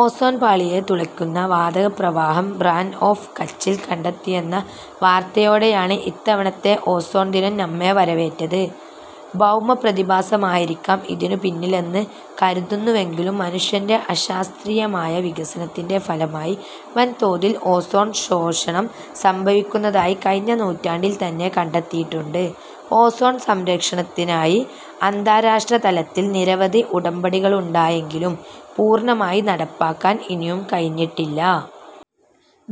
Ozone പാളിയെ തുളയ്ക്കുന്ന വാതകപ്രവാഹം റാൻ ഓഫ് കച്ചിൽ കണ്ടെത്തിയെന്ന വാർത്തയോടെയാണ് ഇത്തവണത്തെ ഓസോൺ ദിനം നമ്മെ വരവേറ്റത്. ഭൗമ പ്രതിഭാസമായിരിക്കാം ഇതിനുപിന്നിലെന്ന് കരുതുന്നുവെങ്കിലും മനുഷ്യൻ്റെ അശാസ്ത്രീയമായ വികസനത്തിൻ്റെ ഫലമായി വൻതോതിൽ ഓസോൺ ശോഷണം സംഭവിക്കുന്നതായി കഴിഞ്ഞ നൂറ്റാണ്ടിൽതന്നെ കണ്ടെത്തിയിട്ടുണ്ട്. ഓസോൺ സംരക്ഷണത്തിനായി അന്താരാഷ്ട്രതലത്തിൽ നിരവധി ഉടമ്പടികളുണ്ടെങ്കിലും പൂർണ്ണമായി നടപ്പാക്കാൻ ഇനിയും കഴിഞ്ഞിട്ടില്ല.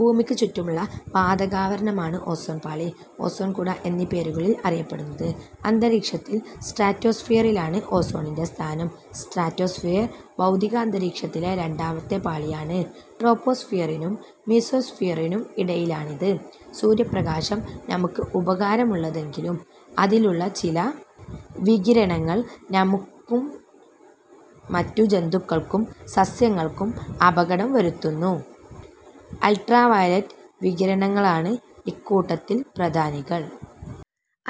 ഭൂമിക്കു ചുറ്റുമുള്ള വാതകാവരണമാണ് ഓസോൺപാളി, ഓസോൺകുട എന്നീ പേരുകളിൽ അറിയപ്പെടുന്നത്. അന്തരീക്ഷത്തിൽ സ്ട്രാറ്റോസ്ഫിയറിലാണ് ഓസോണിൻ്റെ സ്ഥാനം. സ്ട്രാറ്റോസ്ഫിയർ ഭൗമാന്തരീക്ഷത്തിലെ രണ്ടാമത്തെ പാളിയാണ്. ട്രോപോസ്ഫിയറിനും മീസോസ്ഫിയറിനും ഇടയിലാണിത്. സൂര്യപ്രകാശം നമുക്ക് ഉപകാരമുള്ളതെങ്കിലും അതിലുള്ള ചില വികിരണങ്ങൾ നമുക്കും മറ്റു ജന്തുക്കൾക്കും സസ്യങ്ങൾക്കും അപകടം വരുത്തുന്നു. അൾട്ട്രാവയലറ്റ് വികിരണങ്ങളാണ് ഇക്കൂട്ടത്തിൽ പ്രധാനികൾ.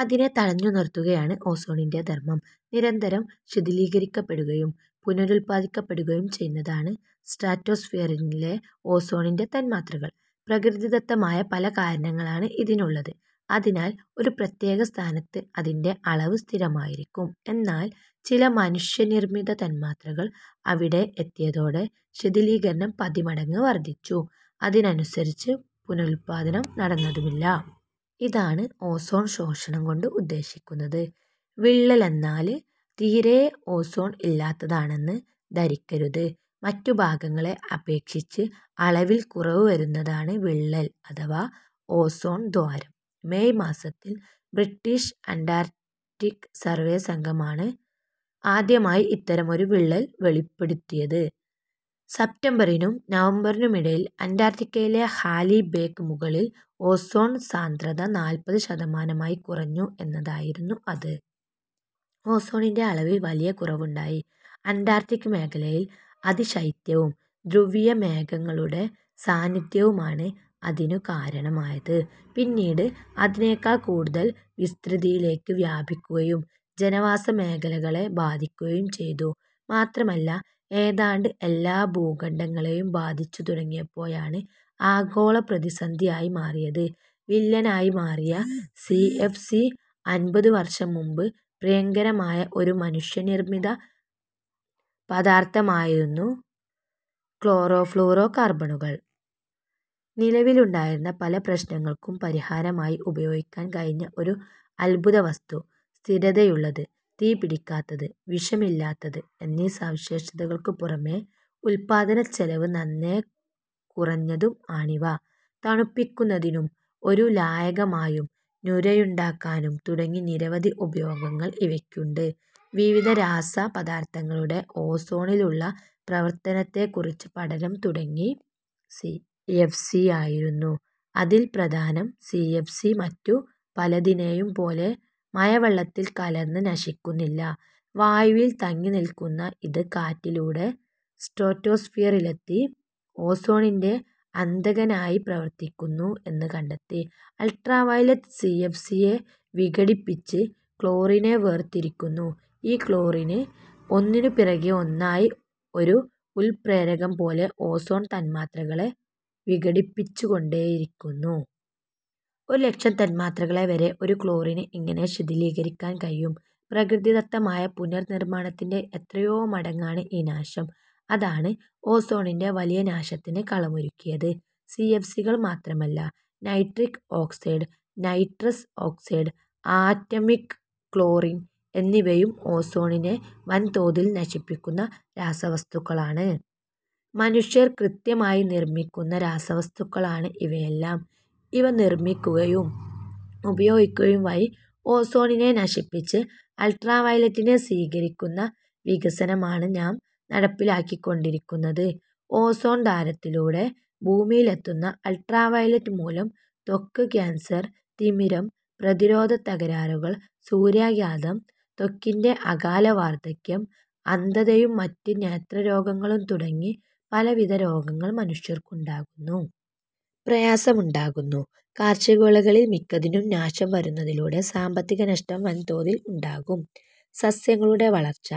അതിനെ തടഞ്ഞുനിർത്തുകയാണ് ഓസോണിൻ്റെ ധർമ്മം. നിരന്തരം ശിഥിലീകരിക്കപ്പെടുകയും പുനരുത്പാദിപ്പിക്കപ്പെടുകയും ചെയ്യുന്നതാണ് സ്ട്രാറ്റോസ്ഫിയറിലെ ഓസോൺ തന്മാത്രകൾ. പ്രകൃതിദത്തമായ പലകാരണങ്ങളാണ് ഇതിനുള്ളത്. അതിനാൽ ഒരു പ്രത്യേക സ്ഥാനത്ത് അതിൻ്റെ അളവ് സ്ഥിരമായിരിക്കും. എന്നാൽ ചില മനുഷ്യനിർമിത തന്മാത്രകൾ അവിടെ എത്തിയതോടെ ശിഥിലീകരണം പതിന്മടങ്ങ് വർധിച്ചു. അതിനനുസരിച്ച് പുനരുത്പാദനം നടന്നതുമില്ല. ഇതാണ് ഓസോൺശോഷണം കൊണ്ട് ഉദ്ദേശിക്കുന്നത്. വിള്ളലെന്നാല് തീരേ ഓസോൺ ഇല്ലാത്തതാണെന്ന് ധരിക്കരുത്. മറ്റു ഭാഗങ്ങളെ അപേക്ഷിച്ച് അളവിൽ കുറവുവരുന്നതാണ് വിള്ളൽ അഥവാ ഓസോൺദ്വാരം. മേയ് മാസത്തിൽ ബ്രിട്ടീഷ് അൻ്റാർട്ടിക് സർവ്വേ സംഘമാണ് ആദ്യമായി ഇത്തരമൊരു വിള്ളൽ വെളിപ്പെടുത്തിയത്. സെപ്റ്റംബറിനും നവംബറിനുമിടയിൽ അൻ്റാർട്ടിക്കയിലെ ഹാലി ബേക്കു മുകളിൽ ഓസോൺസാന്ദ്രത നാൽപത് ശതമാനമായി കുറഞ്ഞു എന്നതായിരുന്നു അത്. ഓസോണിൻ്റെ അളവിൽ വലിയ കുറവുണ്ടായി. അൻ്റാർട്ടിക് മേഖലയിലെ അതിശൈത്യവും ധ്രുവീയ മേഘങ്ങളുടെ സാന്നിധ്യവുമാണ് അതിനു കാരണമായത്. പിന്നീട് അതിനെക്കാൾ കൂടുതൽ വിസ്തൃതിയിലേക്ക് വ്യാപിക്കുകയും ജനവാസമേഖലകളെ ബാധിക്കുകയും ചെയ്തു. മാത്രമല്ല ഏതാണ്ട് എല്ലാ ഭൂഖണ്ഡങ്ങളെയും ബാധിച്ചുതുടങ്ങിയപ്പോഴാണ് ആഗോളപ്രതിസന്ധിയായി മാറിയത്. വില്ലനായി മാറിയ സി. എഫ്. സി അമ്പതുവർഷം മുമ്പ് പ്രിയങ്കരമായ ഒരു മനുഷ്യനിർമിത പദാർധമായിരുന്നു ക്ലോറോ ഫ്ളൂറോ കാർബണുകൾ. നിലവിലുണ്ടായിരുന്ന പല പ്രശ്നങ്ങൾക്കും പരിഹാരമായി ഉപയോഗിക്കാൻ കഴിഞ്ഞ ഒരു അദ്ഭുതവസ്തു. സ്ഥിരതയുള്ളത്, തീപിടിക്കാത്തത്, വിഷമല്ലാത്തത് എന്ന സവിശേഷതകൾക്കു പുറമേ ഉത്പാദനച്ചെലവ് നന്നേ കുറഞ്ഞതും ആണിവ. തണുപ്പിക്കുന്നതിനും ഒരു ലായകമായും നുരയുണ്ടാക്കാനും തുടങ്ങി നിരവധി ഉപയോഗങ്ങൾ ഇവയ്ക്കുണ്ട്. വിവിധ രാസപദാർധങ്ങളുടെ ഓസോണിലുള്ള പ്രവർത്തനത്തെക്കുറിച്ച് പഠനം തുടങ്ങി. സി. എഫ്. സി. യായിരുന്നു അതിൽ പ്രധാനം. സി. എഫ്. സി മറ്റു പലതിനെയും പോലെ മഴവെള്ളത്തിൽ കലർന്ന് നശിക്കുന്നില്ല. വായുവിൽ തങ്ങിനിൽക്കുന്ന ഇത് കാറ്റിലൂടെ സ്ട്രാറ്റോസ്ഫിയറിലെത്തി ഓസോണിൻ്റെ അന്തകനായി പ്രവർത്തിക്കുന്നു എന്ന് കണ്ടെത്തി. Ultraviolet C. എഫ്. സിയെ വിഘടിപ്പിച്ച് ക്ലോറിനെ വേർതിരിക്കുന്നു. ഈ ക്ലോറിന് ഒന്നിനു പിറകെ ഒന്നായി ഒരു ഉൽപ്രേരകം പോലെ ഓസോൺ തന്മാത്രകളെ വിഘടിപ്പിച്ചുകൊണ്ടേയിരിക്കുന്നു. ഒരുലക്ഷം തന്മാത്രകളെവരെ ഒരു ക്ലോറിന് ഇങ്ങനെ ശിഥിലീകരിക്കാൻ കഴിയും. പ്രകൃതിദത്തമായ പുനർനിർമാണത്തിൻ്റെ എത്രയോ മടങ്ങാണ് ഈ നാശം. അതാണ് ഓസോണിൻ്റെ വലിയ നാശത്തിന് കളമൊരുക്കിയത്. സി. എഫ്. സികൾ മാത്രമല്ല, nitric oxide, nitrous oxide, atomic chlorine എന്നിവയും ഓസോണിനെ വൻതോതിൽ നശിപ്പിക്കുന്ന രാസവസ്തുക്കളാണ്. മനുഷ്യൻ കൃത്രിമമായി നിർമിക്കുന്ന രാസവസ്തുക്കളാണ് ഇവയെല്ലാം. ഇവ നിർമിക്കുകയും ഉപയോഗിക്കുകയും വഴി, ഓസോണിനെ നശിപ്പിച്ച് അൾട്രാവയലറ്റിനെ സ്വീകരിക്കുന്ന വികസനമാണ് നാം നടപ്പിലാക്കിക്കൊണ്ടിരിക്കുന്നത്. ഓസോൺദ്വാരത്തിലൂടെ ഭൂമിയിലെത്തുന്ന അൾട്രാവയലറ്റ് മൂലം ത്വക്ക് കാൻസർ, തിമിരം, പ്രതിരോധത്തകരാറുകൾ, സൂര്യാഘാതം, ത്വക്കിൻ്റെ അകാല വാർധക്യം, അന്ധതയും മറ്റ് നേത്രരോഗങ്ങളും തുടങ്ങി പലവിധ രോഗങ്ങൾ മനുഷ്യർക്കുണ്ടാകുന്നു. പ്രയാസമുണ്ടാകുന്നു. കാർഷികവിളകളിൽ മിക്കതിനും നാശം വരുന്നതിലൂടെ സാമ്പത്തിക നഷ്ടം വൻതോതിൽ ഉണ്ടാകും. സസ്യങ്ങളുടെ വളർച്ച,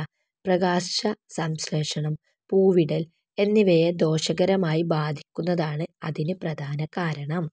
പ്രകാശസംശ്ലേഷണം, പൂവിടൽ എന്നിവയെ ദോഷകരമായി ബാധിക്കുന്നതാണ് അതിന് പ്രധാന കാരണം.